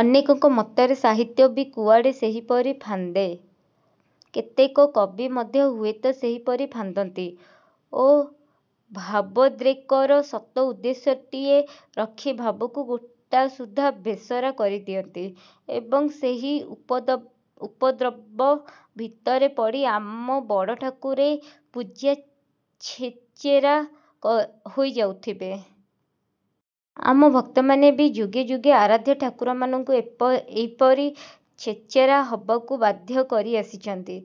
ଅନେକଙ୍କ ମତରେ ସାହିତ୍ୟ ବି କୁଆଡ଼େ ସେହିପରି ଫାନ୍ଦେ। କେତେକ କବି ମଧ୍ୟ ହୁଏତ ସେହିପରି ଫାନ୍ଦନ୍ତି ଓ ଭାବୋଦ୍ରେକର ସତ ଉଦ୍ଦେଶ୍ୟଟିଏ ରଖି ଭାବକୁ ଗୋଟା ସୁଦ୍ଧା ଭେଷରା କରିଦିଅନ୍ତି। ଏବଂ, ସେହି ଉପଦ୍ରବ ଭିତରେ ପଡ଼ି ଆମ ବଡ଼ଠାକୁରେ ପୂରା ଛେଚେରା ହୋଇ ଯାଉଥବେ। ଆମ ଭକ୍ତମାନେ ବି ଯୁଗେ ଯୁଗେ ଆରାଧ୍ୟ ଠାକୁରମାନଙ୍କୁ ଏହିପରି ଛେଚେରା ହେବାକୁ ବାଧ୍ୟ କରି ଆସିଛନ୍ତି।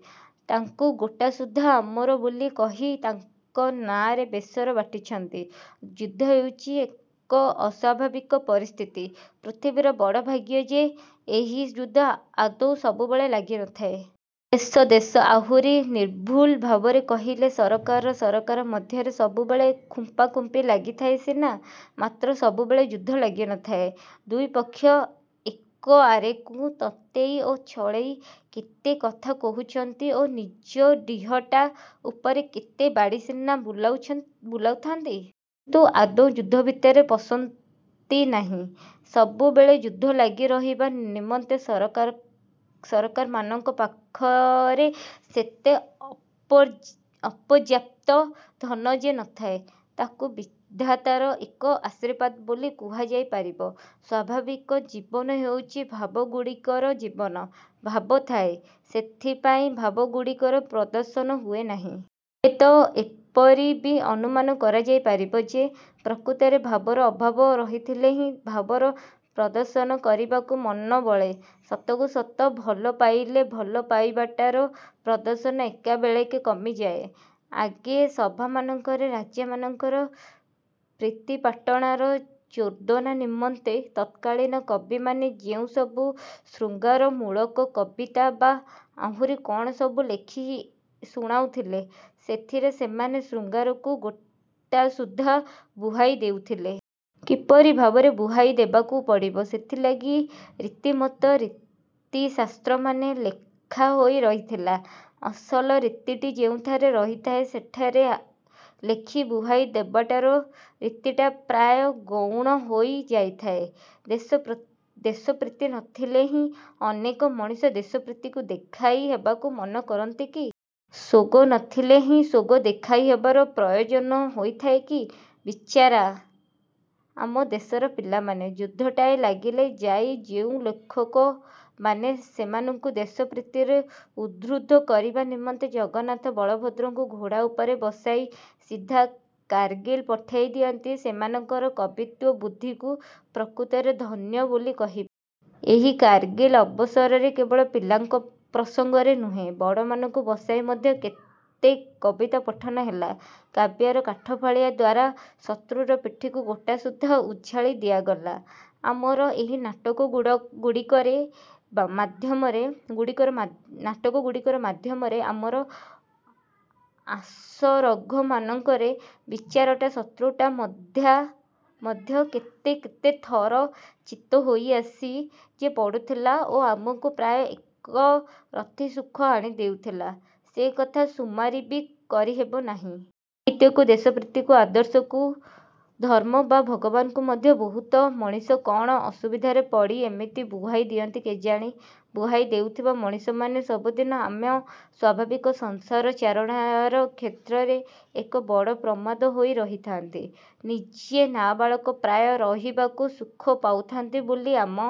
ତାଙ୍କୁ ଗୋଟାସୁଦ୍ଧା ଆମର ବୋଲି କହି ତାଙ୍କ ନାଆଁରେ ବେସର ବାଟିଛନ୍ତି। ଯୁଦ୍ଧ ହେଉଛି ଏକ ଅସ୍ୱାଭାବିକ ପରିସ୍ଥିତି। ପୃଥିବୀର ବଡ଼ ଭାଗ୍ୟ ଯେ ଏହି ଯୁଦ୍ଧ ଆଦୌ ସବୁବେଳେ ଲାଗି ନଥାଏ। ଦେଶ ଦେଶ, ଆହୁରି ନିର୍ଭୁଲ ଭାବରେ କହିଲେ ସରକାର ସରକାର ମଧ୍ୟରେ ସବୁବେଳେ ଖୁମ୍ପାଖୁମ୍ପି ଲାଗିଥାଏ ସିନା, ମାତ୍ର ସବୁବେଳେ ଯୁଦ୍ଧ ଲାଗିନଥାଏ। ଦୁଇ ପକ୍ଷ ଏକ ଆରେକୁ ତତେଇ ଓ ଛଳେଇ କେତେକଥା କହୁଥାନ୍ତି ଓ ନିଜ ଡ଼ିହଟା ଉପରେ କେତେ ବାଡ଼ି ସିନା ବୁଲାଉଥାନ୍ତି। କିନ୍ତୁ ଆଦୌ ଯୁଦ୍ଧ ଭିତରେ ପଶନ୍ତି ନାହିଁ। ସବୁବେଳେ ଯୁଦ୍ଧ ଲାଗି ରହିବା ନିମନ୍ତେ ସରକାରମାନଙ୍କ ପାଖରେ ସେତେ ଅପର୍ଯ୍ୟାପ୍ତ ଧନ ଯେ ନଥାଏ, ତାହାକୁ ବିଧାତାର ଏକ ଆଶୀର୍ବାଦ ବୋଲି କୁହାଯାଇ ପାରିବ। ସ୍ଵାଭାବିକ ଜୀବନ ହେଉଛି ଭାବଗୁଡ଼ିକର ଜୀବନ। ଭାବ ଥାଏ। ସେଥିପାଇଁ ଭାବଗୁଡ଼ିକର ପ୍ରଦର୍ଶନ ହୁଏ ନାହିଁ। ହୁଏତ ଏପରି ବି ଅନୁମାନ କରାଯାଇ ପାରିବ ଯେ, ପ୍ରକୃତରେ ଭାବର ଅଭାବ ରହିଥିଲେ ହିଁ ଭାବର ପ୍ରଦର୍ଶନ କରିବାକୁ ମନବଳେ। ସତକୁ ସତ ଭଲ ପାଇଲେ ଭଲ ପାଇବାଟାର ପ୍ରଦର୍ଶନ ଏକାବେଳେକେ କମିଯାଏ। ଆଗେ ସଭାମାନଙ୍କରେ ରାଜାମାନଙ୍କର ପ୍ରୀତିପାଟଣାର ଚୋଦନା ନିମନ୍ତେ ତତ୍କାଳୀନ କବିମାନେ ଯେଉଁସବୁ ଶୃଙ୍ଗାରମୂଳକ କବିତା ବା ଆହୁରି କ'ଣ ସବୁ ଲେଖି ଶୁଣାଉଥିଲେ, ସେଥିରେ ସେମାନେ ଶୃଙ୍ଗାରକୁ ଗୋଟାସୁଦ୍ଧା ବୁହାଇ ଦେଉଥିଲେ। କିପରି ଭାବରେ ବୁହାଇ ଦେବାକୁ ପଡ଼ିବ, ସେଥିଲାଗି ରୀତିମତ ରୀତିଶାସ୍ତ୍ରମାନ ଲେଖାହୋଇ ରହିଥିଲା। ଅସଲ ରୀତିଟି ଯେଉଁଠାରେ ରହିଥାଏ, ସେଠାରେ ଲେଖି ବୁହାଇ ଦେବାର ରୀତିଟା ପ୍ରାୟ ଗୌଣ ହୋଇ ଯାଇଥାଏ। ଦେଶପ୍ରୀତି ନଥିଲେ ହିଁ ଅନେକ ମଣିଷ ଦେଶପ୍ରୀତିକୁ ଦେଖାଇ ହେବାକୁ ମନ କରନ୍ତି କି? ସୋଗ ନଥିଲେ ହିଁ ସୋଗ ଦେଖାଇ ହେବାର ପ୍ରୟୋଜନ ହୋଇଥାଏ କି? ବିଚାରା ଆମ ଦେଶର ପିଲାମାନେ! ଯୁଦ୍ଧଟାଏ ଲାଗିଲେ ଯାଇ ଯୋଉ ଲେଖକମାନେ ସେମାନଙ୍କୁ ଦେଶପ୍ରୀତିରେ ଉଦ୍ବୁଦ୍ଧ କରିବା ନିମନ୍ତେ ଜଗନ୍ନାଥ ବଳଭଦ୍ରଙ୍କୁ ଘୋଡ଼ା ଉପରେ ବସାଇ ସିଧା କାରଗିଲ୍ ପଠାଇ ଦିଅନ୍ତି, ସେମାନଙ୍କର କବିତ୍ୱବୁଦ୍ଧିକୁ ପ୍ରକୃତରେ ଧନ୍ୟ ବୋଲି କହିବା। ଏହି କାରଗିଲ ଅବସରରେ କେବଳ ପିଲାମାନଙ୍କ ପ୍ରସଙ୍ଗରେ ନୁହେଁ,। ବଡ଼ମାନଙ୍କୁ ବସାଇ ମଧ୍ୟ କେତେ କବିତା ପଠନ ହେଲା। କାବ୍ୟର କାଠଫାଳିଆ ଦ୍ଵାରା ଶତ୍ରୁର ପିଠିକୁ ଗୋଟାସୁଦ୍ଧା ଉଝାଳି ଦିଆଗଲା। ଆମର ଏହି ନାଟକଗୁଡ଼ିକର ମାଧ୍ୟମରେ ଆମର ଆସରଘରମାନଙ୍କରେ ବିଚରା ଶତ୍ରୁଟା ମଧ୍ୟ କେତେ କେତେ ଥର ଚିତ୍ ହୋଇଆସି ଯେ ପଡ଼ୁଥିଲା ଓ ଆମକୁ ପ୍ରାୟ ଏକ ରତିସୁଖ ଆଣି ଦେଉଥିଲା, ସେ କଥାର ସୁମାରି ବି କରିହେବ ନାହିଁ। ସାହିତ୍ୟକୁ, ଦେଶପ୍ରୀତିକୁ, ଆଦର୍ଶକୁ, ଧର୍ମ ବା ଭଗବାନଙ୍କୁ ମଧ୍ୟ ବହୁତ ମଣିଷ କ'ଣ ଅସୁବିଧାରେ ପଡ଼ି ଏମିତି ବୁହାଇ ଦିଅନ୍ତି କେଜାଣି-? ବୁହାଇ ଦେଉଥିବା ମଣିଷମାନେ ସବୁଦିନେ ଆମ ସ୍ୱାଭାବିକ ସଂସାର-ଚାରଣାର କ୍ଷେତ୍ରରେ ଏକ ବଡ଼ ପ୍ରମାଦ ହୋଇ ରହିଥାନ୍ତି। ନିଜେ ନାବାଳକ ପ୍ରାୟ ରହିବାକୁ ସୁଖ ପାଉଥାନ୍ତି ବୋଲି ଆମ